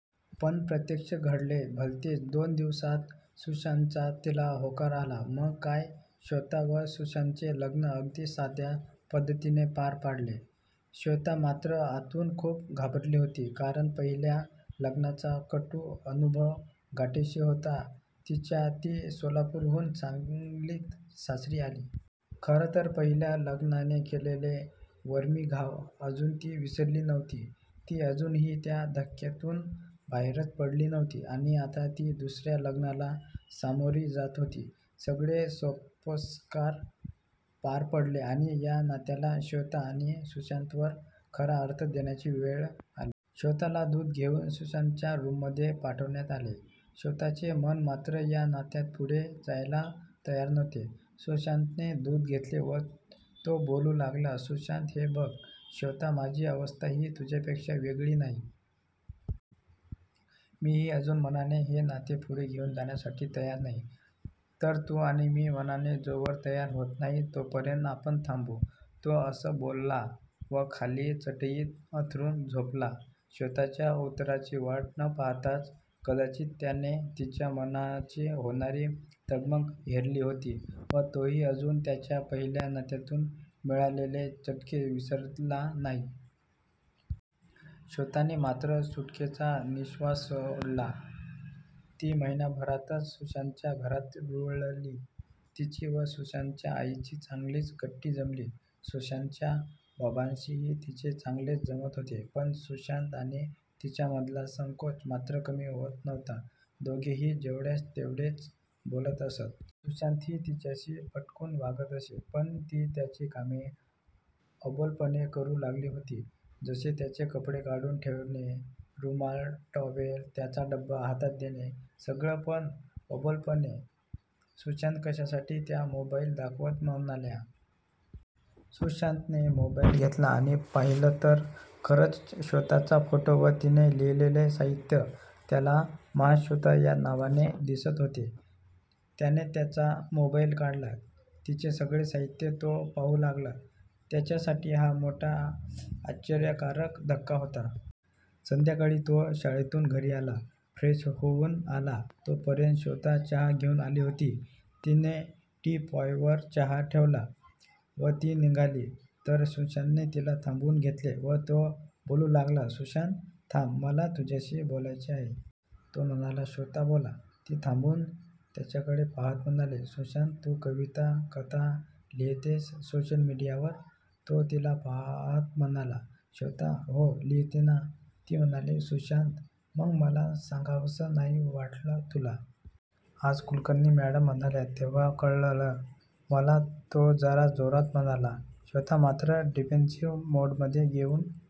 पण प्रत्यक्ष घडले भलतेच, दोन दिवसांत सुशांतचा तिला होकार आला. मग काय, श्वेता व सुशांतचे लग्न अगदी साध्या पद्धतीने पार पडले. श्वेता मात्र आतून खूप घाबरली होती. कारण पहिल्या लग्नाचा कटू अनुभव गाठीशी होता तिच्या; ती सोलापूरहून सांगलीत सासरी आली. खरं तर पहिल्या लग्नाने केलेले वरमी घाव अजून ती विसरली नव्हती. ती अजूनही त्या धक्क्यातून बाहेरच पडली नव्हती. आणि आता ती दुसऱ्या लग्नाला सामोरी जात होती. सगळे सोपस्कार पार पडले आणि या नात्याला श्वेता आणि सुशांतवर खरा अर्थ देण्याची वेळ आली. श्वेताला दूध घेऊन सुशांतच्या रूममध्ये पाठवण्यात आले. श्वेताचे मन मात्र या नात्यात पुढे जायला तयार नव्हते. सुशांतने दूध घेतले व तो बोलू लागला. सुशांत, हे बघ श्वेता, माझी अवस्था ही तुझ्यापेक्षा वेगळी नाही. मीही अजून मनाने हे नाते पुढे घेऊन जाण्यासाठी तयार नाही, तर तू आणि मी मनाने जोवर तयार होत नाही तोपर्यंत आपण थांबू! तो असं बोलला व खाली चटई अंथरून झोपला, श्वेताच्या उत्तराची वाट न पाहताच, कदाचित त्याने तिच्या मनाची होणारी तगमग हेरली होती व तोही अजून त्याच्या पहिल्या नात्यातून मिळालेले चटके विसरला नव्हता. श्वेताने मात्र सुटकेचा निःश्वास सोडला. ती महिन्याभरातच सुशांतच्या घरात रुळली. तिची व सुशांतच्या आईची चांगलीच गट्टी जमली. सुशांतच्या बाबांशीही तिचे चांगलेच जमत होते. पण सुशांत आणि तिच्यामधला संकोच मात्र कमी होत नव्हता. दोघेही जेवढ्यास-तेवढेच बोलत असत. सुशांतही तिच्याशी फटकून वागत असे. पण ती त्याची कामे अबोलपणे करू लागली होती. जसे त्याचे कपडे काढून ठेवणे, रुमाल, टॉवेल, त्याचा डबा हातात देणे, सगळं पण अबोलपणे. सुशांत, कशासाठी! त्या मोबाईल दाखवत म्हणाल्या. सुशांतने मोबाईल घेतला आणि पाहिलं तर खरंच श्वेताचा फोटो व तिने लिहिलेले साहित्य त्याला महाश्वेता या नावाने दिसत होते. त्याने त्याचा मोबाईल काढला, तिचे सगळे साहित्य तो पाहू लागला. त्याच्यासाठी हा मोठा आश्चर्यकारक धक्का होता. संध्याकाळी तो शाळेतून घरी आला. फ्रेश होऊन आला तोपर्यंत श्वेता चहा घेऊन आली होती. तिने टीपॉयवर चहा ठेवला व ती निघाली तर सुशांतने तिला थांबवून घेतले व तो बोलू लागला. सुशांत, थांब, मला तुझ्याशी बोलायचे आहे? तो म्हणाला. श्वेता, बोला! ती थांबून त्याच्याकडे पाहत म्हणाली. सुशांत, तू कविता, कथा लिहितेस सोशल मीडियावर? तो तिला पाहत म्हणाला. श्वेता, हो लिहिते ना! ती म्हणाली. सुशांत, मग मला सांगावंसं नाही वाटलं तुला? आज कुलकर्णी मॅडम म्हणाल्या तेव्हा कळलं मला, तो जरा जोरात म्हणाला. श्वेता मात्र डिफेन्सिव्ह मोडमध्ये येऊन